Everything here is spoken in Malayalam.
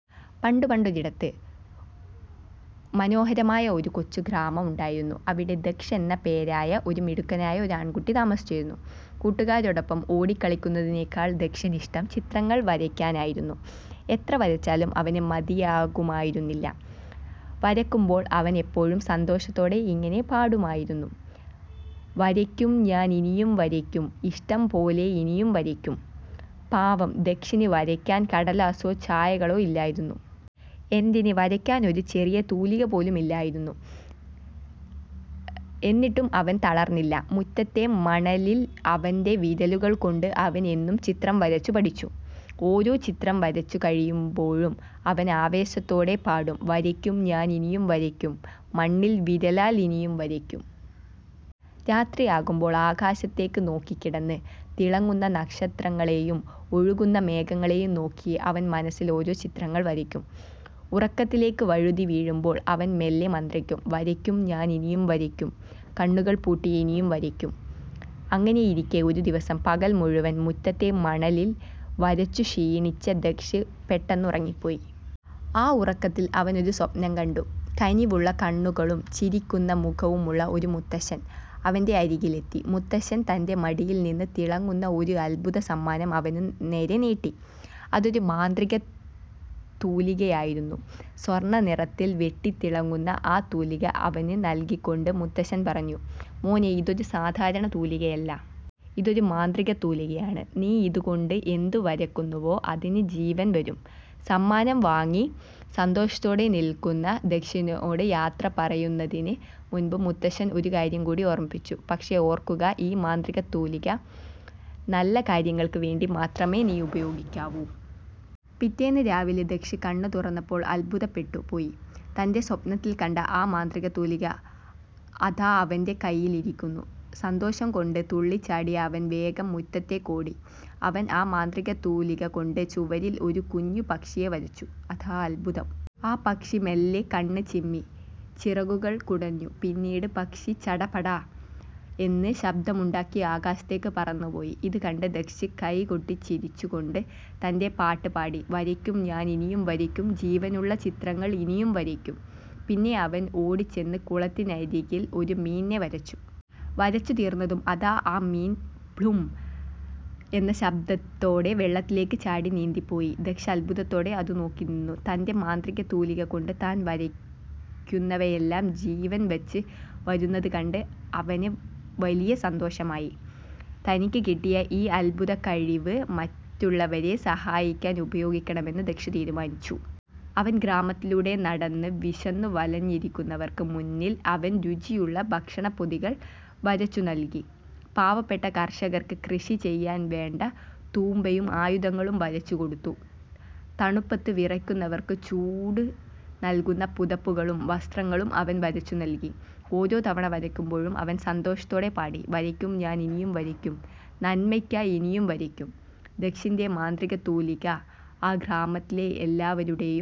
പണ്ട് പണ്ടൊരിടത്ത്, മനോഹരമായ ഒരു കൊച്ചു ഗ്രാമമുണ്ടായിരുന്നു. അവിടെ ദക്ഷ് എന്ന് പേരായ ഒരു മിടുക്കനായ ഒരു ആൺകുട്ടി താമസിച്ചിരുന്നു. കൂട്ടുകാരോടൊപ്പം ഓടിക്കളിക്കുന്നതിനേക്കാൾ ദക്ഷിന് ഇഷ്ടം ചിത്രങ്ങൾ വരയ്ക്കാനായിരുന്നു. എത്ര വരച്ചാലും അവന് മതിയാകുമായിരുന്നില്ല. വരയ്ക്കുമ്പോൾ അവൻ എപ്പോഴും സന്തോഷത്തോടെ ഇങ്ങനെ പാടുമായിരുന്നു: "വരയ്ക്കും ഞാൻ ഇനിയും വരയ്ക്കും, ഇഷ്ടം പോലെ ഇനിയും വരയ്ക്കും" പാവം ദക്ഷിന് വരയ്ക്കാൻ കടലാസോ ചായകളോ ഇല്ലായിരുന്നു. എന്തിന്, വരക്കാൻ ഒരു ചെറിയ തൂലിക പോലുമില്ലായിരുന്നു! എന്നിട്ടും അവൻ തളർന്നില്ല. മുറ്റത്തെ മണലിൽ അവന്റെ വിരലുകൾ കൊണ്ട് അവൻ എന്നും ചിത്രങ്ങൾ വരച്ചു പഠിച്ചു. ഓരോ ചിത്രം വരച്ചു കഴിയുമ്പോഴും അവൻ ആവേശത്തോടെ പാടും: "വരയ്ക്കും ഞാൻ ഇനിയും വരയ്ക്കും, മണ്ണിൽ വിരലാൽ ഇനിയും വരയ്ക്കും! " രാത്രിയാകുമ്പോൾ ആകാശത്തേക്ക് നോക്കിക്കിടന്ന് തിളങ്ങുന്ന നക്ഷത്രങ്ങളെയും ഒഴുകുന്ന മേഘങ്ങളെയും നോക്കി അവൻ മനസ്സിൽ ഓരോ ചിത്രങ്ങൾ വരയ്ക്കും. ഉറക്കത്തിലേക്ക് വഴുതി വീഴുമ്പോഴും അവൻ മെല്ലെ മന്ത്രിക്കും: "വരയ്ക്കും ഞാൻ ഇനിയും വരയ്ക്കും, കണ്ണുകൾ പൂട്ടി ഇനിയും വരയ്ക്കും! " അങ്ങനെയിരിക്കെ ഒരു ദിവസം, പകൽ മുഴുവൻ മുറ്റത്തെ മണലിൽ വരച്ചു ക്ഷീണിച്ച ദക്ഷ് പെട്ടെന്ന് ഉറങ്ങിപ്പോയി. ആ ഉറക്കത്തിൽ അവനൊരു സ്വപ്നം കണ്ടു. കനിവുള്ള കണ്ണുകളും ചിരിക്കുന്ന മുഖവുമുള്ള ഒരു മുത്തശ്ശൻ അവന്റെ അരികിലെത്തി. മുത്തശ്ശൻ തന്റെ മടിയിൽ നിന്ന് തിളങ്ങുന്ന ഒരു അത്ഭുത സമ്മാനം അവനു നേരെ നീട്ടി. അതൊരു മാന്ത്രികത്തൂലിക ആയിരുന്നു. സ്വർണനിറത്തിൽ വെട്ടിത്തിളങ്ങുന്ന ആ തൂലിക അവന് നൽകിക്കൊണ്ട് മുത്തശ്ശൻ പറഞ്ഞു: "മോനേ, ഇതൊരു സാധാരണ തൂലികയല്ല. ഇതൊരു മാന്ത്രികത്തൂലികയാണ്. നീ ഇതുകൊണ്ട് എന്ത് വരയ്ക്കുന്നുവോ, അതിന് ജീവൻ വരും! " സമ്മാനം വാങ്ങി സന്തോഷത്തോടെ നിൽക്കുന്ന ദക്ഷിനോട് യാത്ര പറയുന്നതിന് മുൻപ് മുത്തശ്ശൻ ഒരു കാര്യം കൂടി ഓർമ്മിപ്പിച്ചു: "പക്ഷേ ഓർക്കുക, ഈ മാന്ത്രികത്തൂലിക നല്ല കാര്യങ്ങൾക്ക് വേണ്ടി മാത്രമേ നീ ഉപയോഗിക്കാവൂ! " പിറ്റേന്ന് രാവിലെ ദക്ഷ് കണ്ണ് തുറന്നപ്പോൾ അത്ഭുതപ്പെട്ടു പോയി! തന്റെ സ്വപ്നത്തിൽ കണ്ട ആ മാന്ത്രികത്തൂലിക അതാ അവന്റെ കയ്യിൽ ഇരിക്കുന്നു! സന്തോഷം കൊണ്ട് തുള്ളിച്ചാടിയ അവൻ വേഗം മുറ്റത്തേക്കോടി. അവൻ ആ മാന്ത്രികത്തൂലിക കൊണ്ട് ചുവരിൽ ഒരു കുഞ്ഞു പക്ഷിയെ വരച്ചു. അതാ അത്ഭുതം! ആ പക്ഷി മെല്ലെ കണ്ണ് ചിമ്മി, ചിറകുകൾ കുടഞ്ഞു. പിന്നീട് പക്ഷി 'ചടപടാ' എന്ന് ശബ്ദമുണ്ടാക്കി ആകാശത്തേക്ക് പറന്നുപോയി! ഇതുകണ്ട് ദക്ഷ് കൈകൊട്ടി ചിരിച്ചു കൊണ്ട് തന്റെ പാട്ട് പാടി: "വരയ്ക്കും ഞാൻ ഇനിയും വരയ്ക്കും ജീവനുള്ള ചിത്രങ്ങൾ ഇനിയും വരയ്ക്കും! " പിന്നെ അവൻ ഓടിച്ചെന്ന് കുളത്തിനരികിൽ ഒരു മീനിനെ വരച്ചു. വരച്ചു തീർന്നതും അതാ ആ മീൻ 'പ്ളും' എന്ന് ശബ്ദത്തോടെ വെള്ളത്തിലേക്ക് ചാടി നീന്തി പോയി. ദക്ഷ് അത്ഭുതത്തോടെ അത് നോക്കി നിന്നു. തന്റെ മാന്ത്രികത്തൂലിക കൊണ്ട് താൻ വരയ്ക്കുന്നവയെല്ലാം ജീവൻ വച്ച് വരുന്നത് കണ്ട് അവന് വലിയ സന്തോഷമായി. തനിക്ക് കിട്ടിയ ഈ അത്ഭുത കഴിവ് മറ്റുള്ളവരെ സഹായിക്കാൻ ഉപയോഗിക്കണമെന്ന് ദക്ഷ് തീരുമാനിച്ചു. അവൻ ഗ്രാമത്തിലൂടെ നടന്നു. വിശന്നു വലഞ്ഞിരിക്കുന്നവർക്ക് മുന്നിൽ അവൻ രുചിയുള്ള ഭക്ഷണപ്പൊതികൾ വരച്ചു നൽകി. പാവപ്പെട്ട കർഷകർക്ക് കൃഷി ചെയ്യാൻ വേണ്ട തൂമ്പയും ആയുധങ്ങളും വരച്ചു കൊടുത്തു. തണുപ്പത്ത് വിറയ്ക്കുന്നവർക്ക് ചൂടു നൽകുന്ന പുതപ്പുകളും വസ്ത്രങ്ങളും അവൻ വരച്ചു നൽകി. ഓരോ തവണ വരയ്ക്കുമ്പോഴും അവൻ സന്തോഷത്തോടെ പാടി: "വരയ്ക്കും ഞാൻ ഇനിയും വരയ്ക്കും, നന്മയ്ക്കായി ഇനിയും വരയ്ക്കും! " ദക്ഷിന്റെ മാന്ത്രികത്തൂലിക ആ ഗ്രാമത്തിലെ എല്ലാവരുടെയും